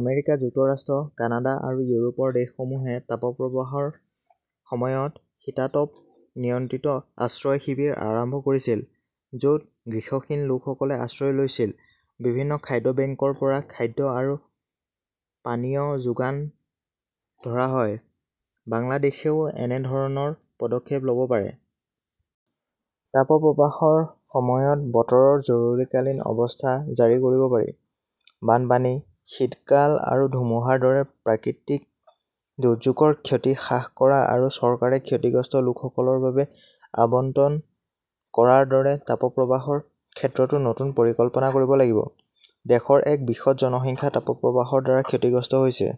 America যুক্তৰাষ্ট্ৰ, Canada আৰু ইউৰোপৰ দেশসমূহে তাপপ্ৰবাহৰ সময়ত শীতাতপ নিয়ন্ত্ৰিত আশ্ৰয় শিবিৰ আৰম্ভ কৰিছিল, য 'ত গৃহহীন লোকসকলে আশ্ৰয় লৈছিল। বিভিন্ন খাদ্য-বেংকৰ পৰা খাদ্য আৰু পানীয় যোগান ধৰা হয়। বাংলাদেশেও একেধৰণৰ পদক্ষেপ লʼব পাৰে। তাপপ্ৰবাহৰ সময়ত বতৰৰ জৰুৰীকালীন অৱস্থা জাৰি কৰিব পাৰি। বানপানী, শীতকাল আৰু ধুমুহাৰ দৰে প্ৰাকৃতিক দুৰ্যোগৰ ক্ষতি হ্ৰাস কৰা আৰু চৰকাৰে ক্ষতিগ্ৰস্ত লোকসকলৰ বাবে আবণ্টন কৰাৰ দৰে তাপপ্ৰবাহৰ ক্ষেত্ৰতো নতুন পৰিকল্পনা কৰিব লাগিব। দেশৰ এক বৃহৎ জনসংখ্যা তাপপ্ৰবাহৰ দ্বাৰা ক্ষতিগ্ৰস্ত হৈছে।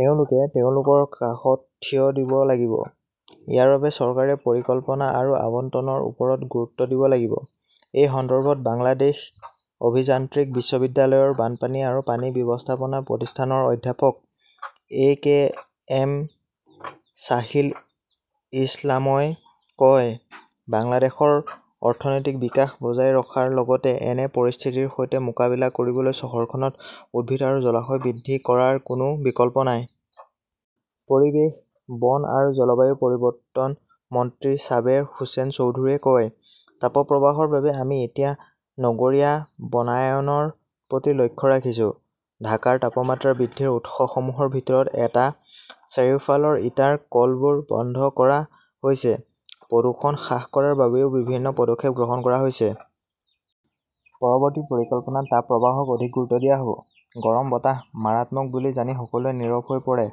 তেওঁলোকে তেওঁলোকৰ কাষত থিয় দিব লাগিব। ইয়াৰ বাবে চৰকাৰে পৰিকল্পনা আৰু আবণ্টনৰ ওপৰত গুৰুত্ব দিব লাগিব। এই সন্দৰ্ভত বাংলাদেশ অভিযান্ত্ৰিক বিশ্ববিদ্যালয়ৰ বানপানী আৰু পানী ব্যৱস্থাপনা প্ৰতিষ্ঠানৰ অধ্যাপক এ. কে. এম. ছাহিল ইছলামই কয়, বাংলাদেশৰ অৰ্থনৈতিক বিকাশ বজাই ৰখাৰ লগতে এনে পৰিস্থিতিৰ সৈতে মোকাবিলা কৰিবলৈ চহৰখনত উদ্ভিদ আৰু জলাশয় বৃদ্ধি কৰাৰ কোনো বিকল্প নাই। পৰিৱেশ, বন আৰু জলবায়ু পৰিৱৰ্তন মন্ত্ৰী ছাবেৰ হোসেন চৌধুৰীয়ে কয়, তাপপ্ৰবাহৰ বাবে আমি এতিয়া নগৰীয়া বনায়নৰ প্ৰতি লক্ষ্য ৰাখিছো। ঢাকাৰ তাপমাত্ৰা বৃদ্ধিৰ উৎসসমূহৰ ভিতৰত এটা, চাৰিওফালৰ ইটাৰ কলবোৰ বন্ধ কৰা হৈছে; প্ৰদূষণ হ্ৰাস কৰাৰ বাবেও বিভিন্ন পদক্ষেপ গ্ৰহণ কৰা হৈছে। পৰৱৰ্তী পৰিকল্পনাত তাপ প্ৰবাহক অধিক গুৰুত্ব দিয়া হ 'ব। গৰম বতাহ মাৰাত্মক বুলি জানি সকলোৱে নীৰৱ হৈ পৰে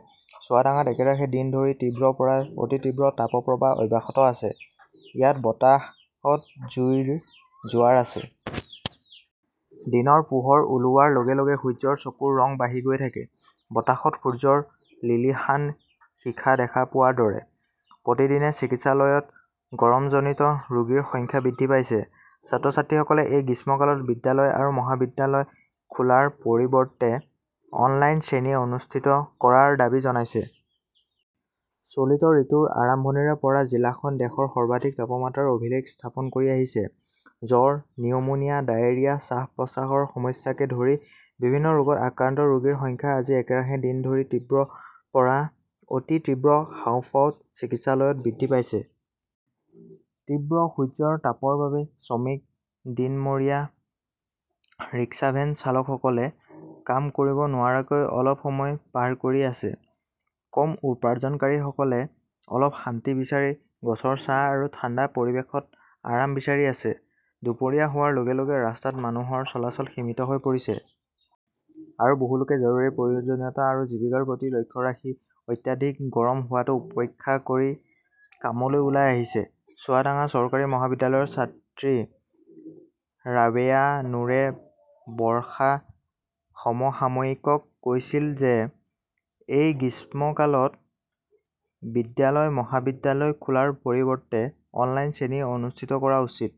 চুৱাদাঙ্গাত একেৰাহে দিন ধৰি তীব্ৰ পৰা অতি তীব্ৰ তাপপ্ৰবাহ অব্যাহত আছে। ইয়াত বতাহত জুইৰ জোৱাৰ আছে। দিনৰ পোহৰ ওলোৱাৰ লগে লগে সূৰ্যৰ চকুৰ ৰং বাঢ়ি গৈ থাকে। বতাহত সূৰ্যৰ লিলিহান শিখা দেখা পোৱাৰ দৰে। প্ৰতিদিনে চিকিৎসালয়ত গৰমজনিত ৰোগীৰ সংখ্যা বৃদ্ধি পাইছে। ছাত্ৰ-ছাত্ৰীসকলে এই গ্ৰীষ্মকালত বিদ্যালয় আৰু মহাবিদ্যালয় খোলাৰ পৰিৱৰ্তে অনলাইন শ্ৰেণী অনুষ্ঠিত কৰাৰ দাবী জনাইছে। চলিত ঋতুৰ আৰম্ভণিৰে পৰা জিলাখন দেশৰ সৰ্বাধিক তাপমাত্ৰাৰ অভিলেখ স্থাপন কৰি আহিছে। জ্বৰ, নিউমোনিয়া, ডায়েৰিয়া, শ্বাস-প্ৰশ্বাসৰ সমস্যাকে ধৰি বিভিন্ন ৰোগত আক্ৰান্ত ৰোগীৰ সংখ্যা আজি একেৰাহে দিন ধৰি তীব্ৰ পৰা অতি তীব্ৰ হাঁওফাঁওত চিকিৎসালয়ত বৃদ্ধি পাইছে। তীব্ৰ সূৰ্যৰ তাপৰ বাবে শ্ৰমিক, দিনমৰীয়া, ৰিক্সা-ভেন চালকসকলে কাম কৰিব নোৱাৰাকৈ অলস সময় পাৰ কৰি আছে। কম উপাৰ্জনকাৰীসকলে অলপ শান্তি বিচাৰি গছৰ ছাঁ আৰু ঠাণ্ডা পৰিৱেশত আৰাম বিচাৰি আছে। দুপৰীয়া হোৱাৰ লগে লগে ৰাস্তাত মানুহৰ চলাচল সীমিত হৈ পৰিছে। আৰু বহু লোকে জৰুৰী প্ৰয়োজনীয়তা আৰু জীৱিকাৰ প্ৰতি লক্ষ্য ৰাখি অত্যাধিক গৰম হোৱাটো উপেক্ষা কৰি কামলৈ ওলাই আহিছে। চুৱাদাঙ্গা চৰকাৰী মহাবিদ্যালয়ৰ ছাত্ৰী ৰাবেয়া নুৰে বৰ্ষা সমসাময়িকক কৈছিল যে এই গ্ৰীষ্মকালত বিদ্যালয় মহাবিদ্যালয় খোলাৰ পৰিৱৰ্তে অনলাইন শ্ৰেণী অনুষ্ঠিত কৰা উচিত।